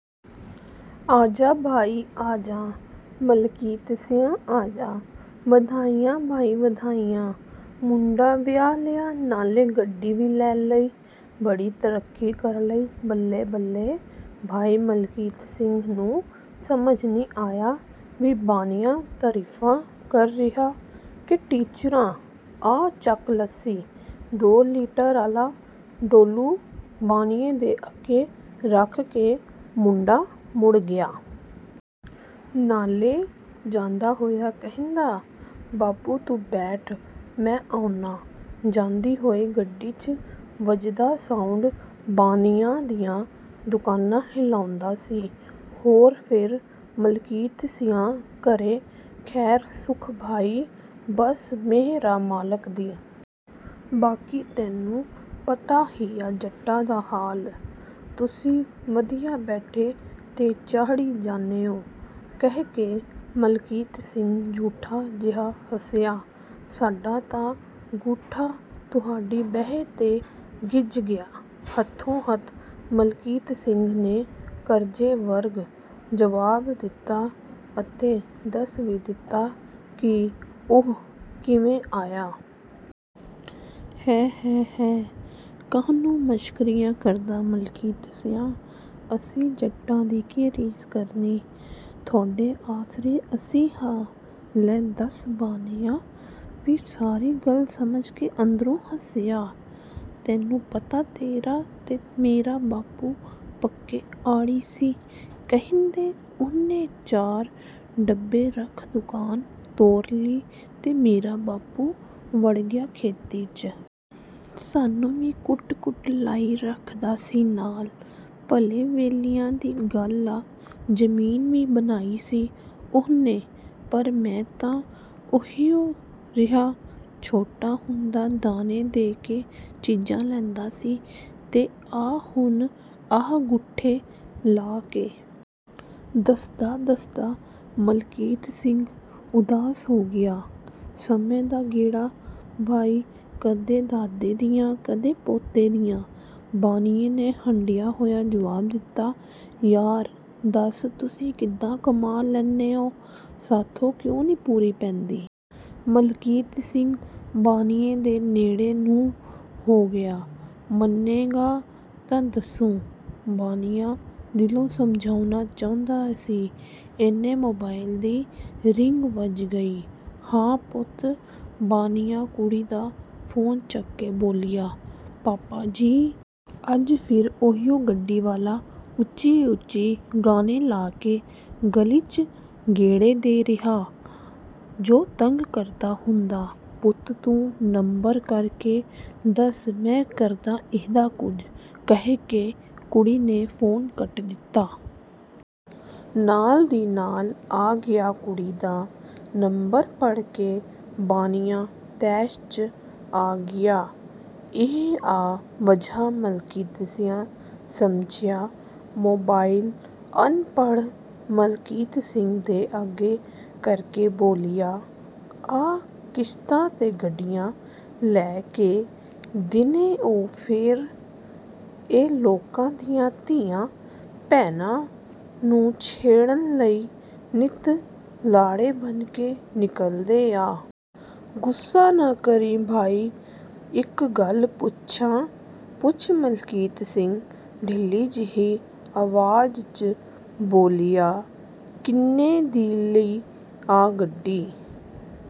ਆਜਾ ਭਾਈ ਆਜਾ ਮਲਕੀਤ ਸੀਆਂ ਆਜਾ! ਵਧਾਈਆਂ ਭਾਈ ਵਧਾਈਆਂ, ਮੁੰਡਾ ਵਿਆਹ ਲਿਆ ਨਾਲੇ ਗੱਡੀ ਵੀ ਲੇ ਲਈ, ਬੜੀ ਤਰੱਕੀ ਕਰ ਲਈ ਬੱਲੇ-ਬੱਲੇ। ਭਾਈ ਮਲਕੀਤ ਸਿੰਘ ਨੂੰ ਸਮਝ ਨੀ ਆਇਆ ਵੀ ਬਾਣੀਆਂ ਤਰੀਫਾਂ ਕਰ ਰਿਹਾ ਕੇ ਟਿੱਚਰਾਂ "ਆ ਚੱਕ ਲੱਸੀ" ਦੋ ਲੀਟਰ ਆਲਾ ਡੋਲੂ ਬਾਣੀਏ ਦੇ ਅੱਗੇ ਰੱਖ ਕੇ ਮੁੰਡਾ ਮੁੜ ਗਿਆ। ਨਾਲੇ ਜਾਂਦਾ ਹੋਇਆ ਕਹਿੰਦਾ "ਬਾਪੂ ਤੂੰ ਬੈਠ, ਮੈਂ ਅਉਣਾ।" ਜਾਂਦੀ ਹੋਈ ਗੱਡੀ 'ਚ ਵੱਜਦਾ ਸਾਉੰਡ ਬਾਣੀਆਂ ਦੀਆ ਦੁਕਾਨਾਂ ਹਿਲਾਉਂਦਾ ਸੀ। "ਹੋਰ ਫੇਰ ਮਲਕੀਤ ਸੀਆਂ ਘਰੇ ਖੈਰ ਸੁਖ ਭਾਈ?" ਬਸ ਮੇਹਰ ਆ ਮਾਲਕ ਦੀ। ਬਾਕੀ ਤੇਨੂੰ ਪਤਾ ਹੀ ਆ ਜੱਟਾਂ ਦਾ ਹਾਲ, ਤੁਸੀਂ ਵਧੀਆ ਬੈਠੇ ਤੇ ਚਾਹੜੀ ਜਾਨੇ ਓ" ਕਹਿ ਕੇ ਮਲਕੀਤ ਸਿੰਘ ਝੂਠਾ ਜਿਹਾ ਹੱਸਿਆ। "ਸਾਡਾ ਤਾਂ ਗੂਠਾ ਤੁਹਾਡੀ ਬਹਿ ਤੇ ਗਿੱਜ ਗਿਆ।" ਹੱਥੋਂ ਹੱਥ ਮਲਕੀਤ ਸਿੰਘ ਨੇ ਕਰਜ਼ੇ ਵਰਗਾ ਜਵਾਬ ਦਿੱਤਾ ਅਤੇ ਦੱਸ ਵੀ ਦਿੱਤਾ ਕਿ ਉਹ ਕਿੰਵੇ ਆਇਆ?" ਹੈ, ਹੈ, ਹੈ ਕਾਹਨੂੰ ਮਸ਼ਕਰੀਆਂ ਕਰਦਾ ਮਲਕੀਤ ਸੀਆਂ? ਅਸੀਂ ਜੱਟਾਂ ਦੀ ਕੀ ਰੀਸ ਕਰਣੀ, ਥੋਡੇ ਆਸਰੇ ਅਸੀਂ ਹਾਂ, ਲੈ ਦੱਸ " ਬਾਣੀਆਂ ਵੀ ਸਾਰੀ ਗੱਲ ਸਮਝ ਕੇ ਅੰਦਰੋਂ ਹੱਸਿਆ।" ਤੇਨੂੰ ਪਤਾ ਤੇਰਾ ਤੇ ਮੇਰਾ ਬਾਪੂ ਪੱਕੇ ਆੜੀ ਸੀ, ਕਹਿੰਦੇ ਓਹਨੇ ਚਾਰ ਡੱਬੇ ਰੱਖ ਦੁਕਾਨ ਤੋਰ ਲੀ ਤੇ ਮੇਰਾ ਬਾਪੂ ਵੜ ਗਿਆ ਖੇਤੀ 'ਚ। ਸਾਨੂੰ ਵੀ ਕੁੱਟ-ਕੁੱਟ ਲਾਈ ਰੱਖ ਦਾ ਸੀ ਨਾਲ। ਭਲੇ ਵੇਲਿਆਂ ਦੀ ਗੱਲ ਆ, ਜਮੀਨ ਵੀ ਬਣਾਈ ਸੀ ਓਹਨੇ ਪਰ ਮੈਂ ਤਾਂ ਓਹੀਓ ਰਿਹਾ। ਛੋਟਾ ਹੁੰਦਾ ਦਾਣੇ ਦੇ ਕੇ ਚੀਜ਼ਾਂ ਲੈਂਦਾ ਸੀ ਤੇ ਆ ਹੁਣ ਆਹ ਗੂਠੇ ਲਾ ਕੇ।" ਦੱਸਦਾ-ਦੱਸਦਾ ਮਲਕੀਤ ਸਿੰਘ ਉਦਾਸ ਹੋ ਗਿਆ। "ਸਮੇ ਦਾ ਗੇੜਾ ਭਾਈ, ਕਦੇ ਦਾਦੇ ਦੀਆਂ, ਕਦੇ ਪੋਤੇ ਦੀਆਂ।" ਬਾਣੀਏ ਨੇਂ ਹੰਢਿਆ ਹੋਇਆ ਜਵਾਬ ਦਿੱਤਾ। "ਯਾਰ ਦਸ ਤੁਸੀਂ ਕਿਦਾਂ ਕਮਾ ਲੈਨੇ ਓ, ਸਾਥੋਂ ਕਿਉਂ ਨੀ ਪੂਰੀ ਪੈਂਦੀ? ਮਲਕੀਤ ਸਿੰਘ ਬਾਣੀਏ ਦੇ ਨੇੜੇ ਨੂੰ ਹੋ ਗਿਆ। "ਮੰਨੇਗਾ ਤਾਂ ਦੱਸੂ।" ਬਾਣੀਆਂ ਦਿਲੋਂ ਸਮਝਾਉਣਾ ਚਾਉਂਦਾ ਸੀ ਏਨੇ ਮੋਬਾਇਲ ਦੀ ਰਿੰਗ ਵੱਜ ਗਈ। "ਹਾਂ ਪੁੱਤ" ਬਾਣੀਆਂ ਕੁੜੀ ਦਾ ਫੋਨ ਚੱਕ ਕੇ ਬੋਲਿਆ। " ਪਾਪਾ ਜੀ! ਅੱਜ ਫਿਰ ਓਹੀਓ ਗੱਡੀ ਵਾਲਾ ਉੱਚੀ-ਉੱਚੀ ਗਾਣੇ ਲਾ ਕੇ ਗਲੀ ਚ ਗੇੜੇ ਦੇ ਰਿਹਾ, ਜੋ ਤੰਗ ਕਰਦਾ ਹੁੰਦਾ।" ਪੁੱਤ ਤੂੰ ਨੰਬਰ ਕਰ ਕੇ ਦੱਸ ਮੈਂ ਕਰਦਾ ਇਹਦਾ ਕੁਜ।" ਕਹਿ ਕੇ ਕੁੜੀ ਨੇ ਫੋਨ ਕੱਟ ਦਿੱਤਾ। ਨਾਲ ਦੀ ਨਾਲ ਆ ਗਿਆ ਕੁੜੀ ਦਾ, ਨੰਬਰ ਪੜ ਕੇ ਬਾਣੀਆਂ ਤੈਸ਼ 'ਚ ਆ ਗਿਆ। "ਇਹ ਆ ਵਜ੍ਹਾ ਮਲਕੀਤ ਸੀਆਂ, ਸਮਝਿਆ?" ਮੋਬਾਇਲ ਅਨਪੜ੍ਹ ਮਲਕੀਤ ਸਿੰਘ ਦੇ ਅੱਗੇ ਕਰਕੇ ਬੋਲਿਆ, " ਆ ਕਿਸ਼ਤਾਂ ਤੇ ਗੱਡੀਆਂ ਲੈ ਕੇ ਦਿੰਨੇ ਓ ਫੇਰ ਏ ਲੋਕਾਂ ਦੀਆਂ ਧੀਆਂ ਭੈਣਾਂ ਨੂੰ ਛੇੜਣ ਲਈ ਨਿਤ ਲਾੜੇ ਬਣ ਕੇ ਨਿਕਲ ਦੇ ਆ। ਗੁੱਸਾ ਨਾ ਕਰੀ ਭਾਈ ਇੱਕ ਗੱਲ ਪੁੱਛਾਂ? "ਪੁੱਛ" ਮਲਕੀਤ ਸਿੰਘ ਢਿੱਲੀ ਜਿਹੀ ਆਵਾਜ਼ 'ਚ ਬੋਲਿਆ।" ਕਿੰਨੇ ਦੀ ਲੀ ਆ ਗੱਡੀ?